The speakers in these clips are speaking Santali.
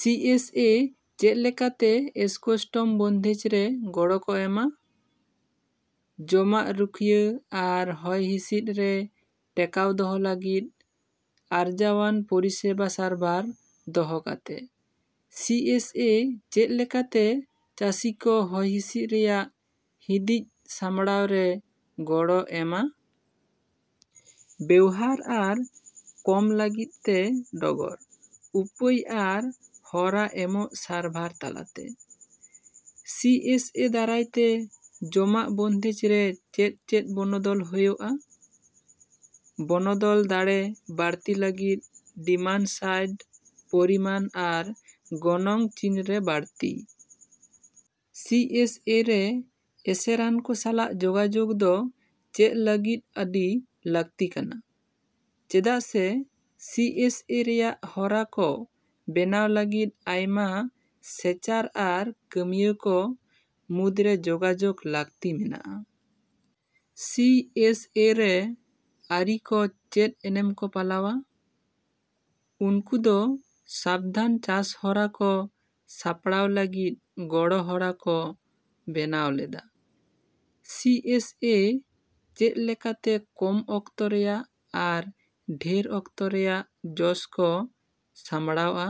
ᱥᱤ ᱮᱥ ᱮ ᱪᱮᱫ ᱞᱮᱠᱟᱛᱮ ᱮᱥᱠᱳᱥᱴᱚᱢ ᱵᱚᱱᱫᱮᱡ ᱨᱮ ᱜᱚᱲᱚ ᱠᱚ ᱮᱢᱼᱟ? ᱡᱚᱢᱟᱜ ᱨᱩᱠᱷᱟᱹᱭᱤ ᱟᱨ ᱦᱚᱭ ᱦᱤᱥᱤᱫ ᱨᱮ ᱴᱮᱠᱟᱣ ᱫᱚᱦᱚ ᱞᱟᱹᱜᱤᱫ ᱟᱨᱡᱟᱹᱭᱟᱱ ᱯᱚᱨᱤᱥᱮᱵᱟ ᱥᱟᱨᱵᱷᱟᱨ ᱫᱚᱦᱚ ᱠᱟᱛᱮ᱾ ᱥᱤ ᱮᱥ ᱮ ᱪᱮᱫ ᱞᱮᱠᱟᱛᱮ ᱪᱟᱥᱤ ᱠᱚ ᱦᱚᱭ ᱦᱤᱥᱤᱫ ᱨᱮᱭᱟᱜ ᱦᱤᱫᱤᱡ ᱥᱟᱢᱲᱟᱣ ᱨᱮ ᱜᱚᱲᱚ ᱮᱢᱼᱟ? ᱵᱮᱣᱦᱟᱨ ᱟᱨ ᱠᱚᱢ ᱞᱟᱹᱜᱤᱫ ᱛᱮ ᱰᱚᱜᱚᱨ, ᱩᱯᱟᱹᱭ ᱟᱨ ᱦᱚᱨᱟ ᱮᱢᱚᱜ ᱥᱟᱨᱵᱷᱟᱨ ᱛᱟᱞᱟᱛᱮ᱾ ᱥᱤ ᱮᱥ ᱮ ᱫᱟᱨᱟᱭ ᱛᱮ ᱡᱚᱢᱟᱜ ᱵᱚᱱᱫᱮᱡ ᱨᱮ ᱪᱮᱫ ᱪᱮᱫ ᱵᱚᱱᱚᱫᱚᱞ ᱦᱳᱭᱳᱜᱼᱟ᱾ ᱵᱚᱱᱚᱫᱚᱞ ᱫᱟᱲᱮ ᱵᱟᱹᱲᱛᱤ ᱞᱟᱹᱜᱤᱫ ᱰᱤᱢᱟᱱᱼᱥᱟᱭᱰ ᱯᱚᱨᱤᱢᱟᱱ ᱟᱨ ᱜᱚᱱᱚᱝ ᱪᱤᱱ ᱨᱮ ᱵᱟᱹᱲᱛᱤ᱾ ᱥᱤ ᱮᱥ ᱮ ᱨᱮ ᱮᱥᱮᱨᱟᱱ ᱠᱚ ᱥᱟᱞᱟᱜ ᱡᱳᱜᱟᱡᱳᱜ ᱫᱚ ᱪᱮᱫ ᱞᱟᱹᱜᱤᱫ ᱟᱹᱰᱤ ᱞᱟᱹᱠᱛᱤ ᱠᱟᱱᱟ? ᱪᱮᱫᱟᱜ ᱥᱮ, ᱥᱤ ᱮᱥ ᱮ ᱨᱮᱭᱟᱜ ᱦᱚᱨᱟ ᱠᱚ ᱵᱮᱱᱟᱣ ᱞᱟᱹᱜᱤᱫ ᱟᱭᱢᱟ ᱥᱮᱪᱟᱨ ᱟᱨ ᱠᱟᱹᱢᱤᱭᱟᱹ ᱠᱚ ᱢᱩᱫᱨᱮ ᱡᱳᱜᱟᱡᱳᱜ ᱞᱟᱹᱠᱛᱤ ᱢᱮᱱᱟᱜᱼᱟ᱾ ᱥᱤ ᱮᱥ ᱮ ᱨᱮ ᱟᱹᱨᱤ ᱠᱚ ᱪᱮᱫ ᱮᱱᱮᱢ ᱠᱚ ᱯᱟᱞᱟᱣᱼᱟ? ᱩᱱᱠᱩ ᱫᱚ ᱥᱟᱹᱵᱫᱷᱟᱱ ᱪᱟᱥ ᱦᱚᱨᱟ ᱠᱚ ᱥᱟᱯᱲᱟᱣ ᱞᱟᱹᱜᱤᱫ ᱜᱚᱲᱚ ᱦᱚᱨᱟ ᱠᱚ ᱵᱮᱱᱟᱣ ᱞᱮᱫᱟ᱾ ᱥᱤᱹ ᱮᱥ ᱮᱹ ᱪᱮᱫ ᱞᱮᱠᱟᱛᱮ ᱠᱚᱢ ᱚᱠᱛᱚ ᱨᱮᱭᱟᱜ ᱟᱨ ᱰᱷᱮᱨ ᱚᱠᱛᱚ ᱨᱮᱭᱟᱜ ᱡᱚᱥ ᱠᱚ ᱥᱟᱢᱵᱲᱟᱣᱼᱟ?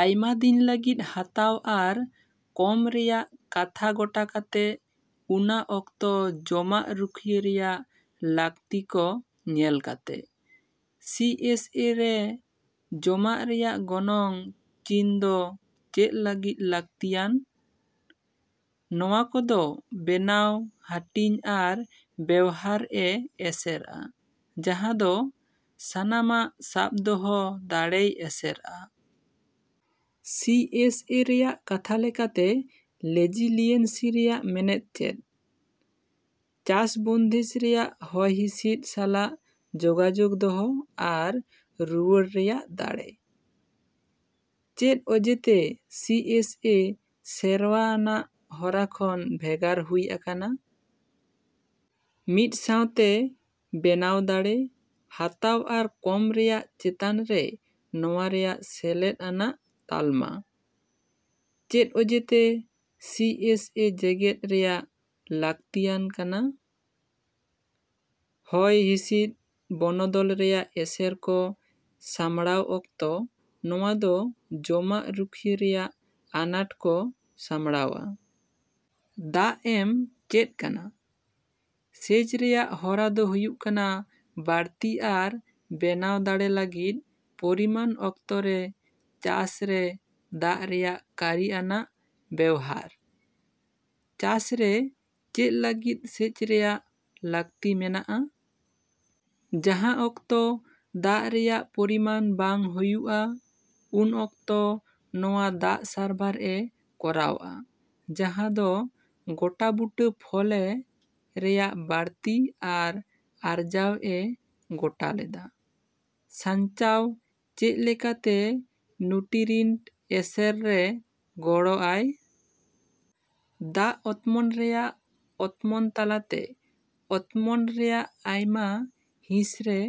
ᱟᱭᱢᱟ ᱫᱤᱱ ᱞᱟᱹᱜᱤᱫ ᱦᱟᱛᱟᱣ ᱟᱨ ᱠᱚᱢ ᱨᱮᱭᱟᱜ ᱠᱟᱛᱷᱟ ᱜᱚᱴᱟ ᱠᱟᱛᱮ ᱩᱱᱟ ᱠᱚᱛᱚ ᱡᱚᱢᱟᱜ ᱨᱩᱠᱷᱟᱹᱭᱤ ᱨᱮᱭᱟᱜ ᱞᱟᱹᱠᱛᱤ ᱠᱚ ᱧᱮᱞ ᱠᱟᱛᱮ᱾ ᱥᱤ ᱮᱥ ᱮ ᱨᱮ ᱡᱚᱢᱟᱜ ᱨᱮᱭᱟᱜ ᱜᱚᱱᱚᱝ ᱪᱤᱱ ᱫᱚ ᱪᱮᱫ ᱞᱟᱹᱜᱤᱫ ᱞᱟᱹᱠᱛᱤᱭᱟᱱ? ᱱᱚᱶᱟ ᱠᱚᱫᱚ ᱵᱮᱱᱟᱣ, ᱦᱟᱹᱴᱤᱧ ᱟᱨ ᱵᱮᱣᱦᱟᱨ ᱮ ᱮᱥᱮᱨᱼᱟ, ᱡᱟᱦᱟᱸ ᱫᱚ ᱥᱟᱱᱟᱢᱟᱜ ᱥᱟᱵ ᱫᱚᱦᱚ ᱫᱟᱲᱮᱭ ᱮᱥᱮᱨᱼᱟ᱾ ᱥᱤ ᱮᱥ ᱮ ᱨᱮᱭᱟᱜ ᱠᱟᱛᱷᱟ ᱞᱮᱠᱟᱛᱮ ᱞᱮᱡᱤᱞᱤᱭᱮᱱᱥᱤ ᱨᱮᱭᱟᱜ ᱢᱮᱱᱮᱫ ᱪᱮᱫ? ᱪᱟᱥ ᱵᱚᱱᱫᱮᱡ ᱨᱮᱭᱟᱜ ᱦᱚᱭ ᱦᱤᱥᱤᱫ ᱥᱟᱞᱟᱜ ᱡᱳᱜᱟᱡᱳᱜ ᱫᱚᱦᱚ ᱟᱨ ᱨᱩᱣᱟᱹᱲ ᱨᱮᱭᱟᱜ ᱫᱟᱲᱮ᱾ ᱪᱮᱫ ᱚᱡᱮ ᱛᱮ ᱥᱤ ᱮᱥ ᱮ ᱥᱮᱨᱣᱟ ᱟᱱᱟᱜ ᱦᱚᱨᱟ ᱠᱷᱚᱱ ᱵᱷᱮᱜᱟᱨ ᱦᱩᱭ ᱟᱠᱟᱱᱟ? ᱢᱤᱫ ᱥᱟᱶᱛᱮ ᱵᱮᱱᱟᱣ ᱫᱟᱲᱮ, ᱦᱟᱛᱟᱣ ᱟᱨ ᱠᱚᱢ ᱨᱮᱭᱟᱜ ᱪᱮᱛᱟᱱ ᱨᱮ ᱱᱚᱶᱟ ᱨᱮᱭᱟᱜ ᱥᱮᱞᱮᱫ ᱟᱱᱟᱜ ᱛᱟᱞᱢᱟ᱾ ᱪᱮᱫ ᱚᱡᱮᱛᱮ ᱥᱤ ᱮᱥ ᱮ ᱡᱮᱜᱮᱫ ᱨᱮᱭᱟᱜ ᱞᱟᱹᱠᱛᱤᱭᱟᱱ ᱠᱟᱱᱟ? ᱦᱚᱭ ᱦᱤᱥᱤᱫ ᱵᱚᱱᱚᱫᱚᱞ ᱨᱮᱭᱟᱜ ᱮᱥᱮᱨ ᱠᱚ ᱥᱟᱢᱲᱟᱶ ᱚᱠᱛᱚ ᱱᱚᱶᱟ ᱫᱚ ᱡᱚᱢᱟᱜ ᱨᱩᱠᱷᱟᱹᱭᱤ ᱨᱮᱭᱟᱜ ᱟᱱᱟᱴ ᱠᱚ ᱥᱟᱢᱲᱟᱶᱼᱟ᱾ ᱫᱟᱜ ᱮᱢ ᱪᱮᱫ ᱠᱟᱱᱟ? ᱥᱮᱪ ᱨᱮᱭᱟᱜ ᱦᱚᱨᱟ ᱫᱚ ᱦᱩᱭᱩᱜ ᱠᱟᱱᱟ ᱵᱟᱹᱲᱛᱤ ᱟᱨ ᱵᱮᱱᱟᱣ ᱫᱟᱲᱮ ᱞᱟᱹᱜᱤᱫ ᱯᱚᱨᱤᱢᱟᱱ ᱚᱠᱛᱮ ᱨᱮ ᱪᱟᱥ ᱨᱮ ᱫᱟᱜ ᱨᱮᱭᱟᱜ ᱠᱟᱹᱨᱤ ᱟᱱᱟᱜ ᱵᱮᱣᱦᱟᱨ᱾ ᱪᱟᱥ ᱨᱮ ᱪᱮᱫ ᱞᱟᱹᱜᱤᱫ ᱥᱮᱪ ᱨᱮᱭᱟᱜ ᱞᱟᱹᱠᱛᱤ ᱢᱮᱱᱟᱜᱼᱟ? ᱡᱟᱦᱟᱸ ᱚᱠᱛᱚ ᱫᱟᱜ ᱨᱮᱭᱟᱜ ᱯᱚᱨᱤᱢᱟᱱ ᱵᱟᱝ ᱦᱚᱭᱩᱜ ᱟ, ᱩᱱ ᱚᱠᱛᱚ ᱱᱚᱶᱟ ᱫᱟᱜ ᱥᱟᱨᱵᱷᱟᱨ ᱮ ᱠᱚᱨᱟᱣᱼᱟ, ᱡᱟᱦᱟᱸ ᱫᱚ ᱜᱚᱴᱟᱵᱩᱴᱟᱹ ᱯᱷᱚᱞᱮ ᱨᱮᱭᱟᱜ ᱵᱟᱹᱲᱛᱤ ᱟᱨ ᱟᱨᱡᱟᱣ ᱮ ᱜᱚᱴᱟ ᱞᱮᱫᱟ᱾ ᱥᱟᱧᱪᱟᱣ ᱪᱮᱫ ᱞᱮᱠᱟᱛᱮ ᱱᱩᱴᱤᱨᱤᱱᱴ ᱮᱥᱮᱨ ᱨᱮ ᱜᱚᱲᱚ ᱟᱭ᱾ ᱫᱟᱜ ᱚᱛᱢᱚᱱ ᱨᱮᱭᱟᱜ ᱚᱛᱢᱚᱱ ᱛᱟᱞᱟᱛᱮ ᱚᱛᱢᱚᱱ ᱨᱮᱭᱟᱜ ᱟᱭᱢᱟ ᱦᱤᱸᱥ ᱨᱮ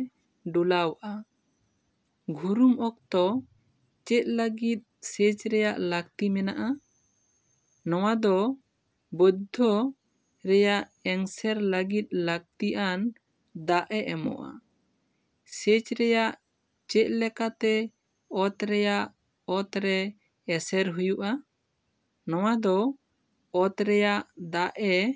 ᱰᱩᱞᱟᱣᱼᱟ᱾ ᱜᱷᱩᱨᱩᱢ ᱚᱠᱛᱚ ᱪᱮᱫ ᱞᱟᱹᱜᱤᱫ ᱥᱮᱪ ᱨᱮᱭᱟᱜ ᱞᱟᱹᱠᱛᱤ ᱢᱮᱱᱟᱜᱼᱟ? ᱱᱚᱶᱟ ᱫᱚ ᱵᱳᱫᱽᱫᱷ ᱨᱮᱭᱟᱜ ᱮᱝᱥᱮᱨ ᱞᱟᱹᱜᱤᱫ ᱞᱟᱹᱠᱛᱤ ᱟᱱ ᱫᱟᱜ ᱮ ᱮᱢᱚᱜᱼᱟ᱾ ᱥᱮᱪ ᱨᱮᱭᱟᱜ ᱪᱮᱫ ᱞᱮᱠᱟᱛᱮ ᱚᱛ ᱨᱮᱭᱟᱜ ᱚᱛ ᱨᱮ ᱮᱥᱮᱨ ᱦᱩᱭᱩᱜᱼᱟ? ᱱᱚᱶᱟ ᱫᱚ ᱚᱛ ᱨᱮᱭᱟᱜ ᱫᱟᱜ ᱮ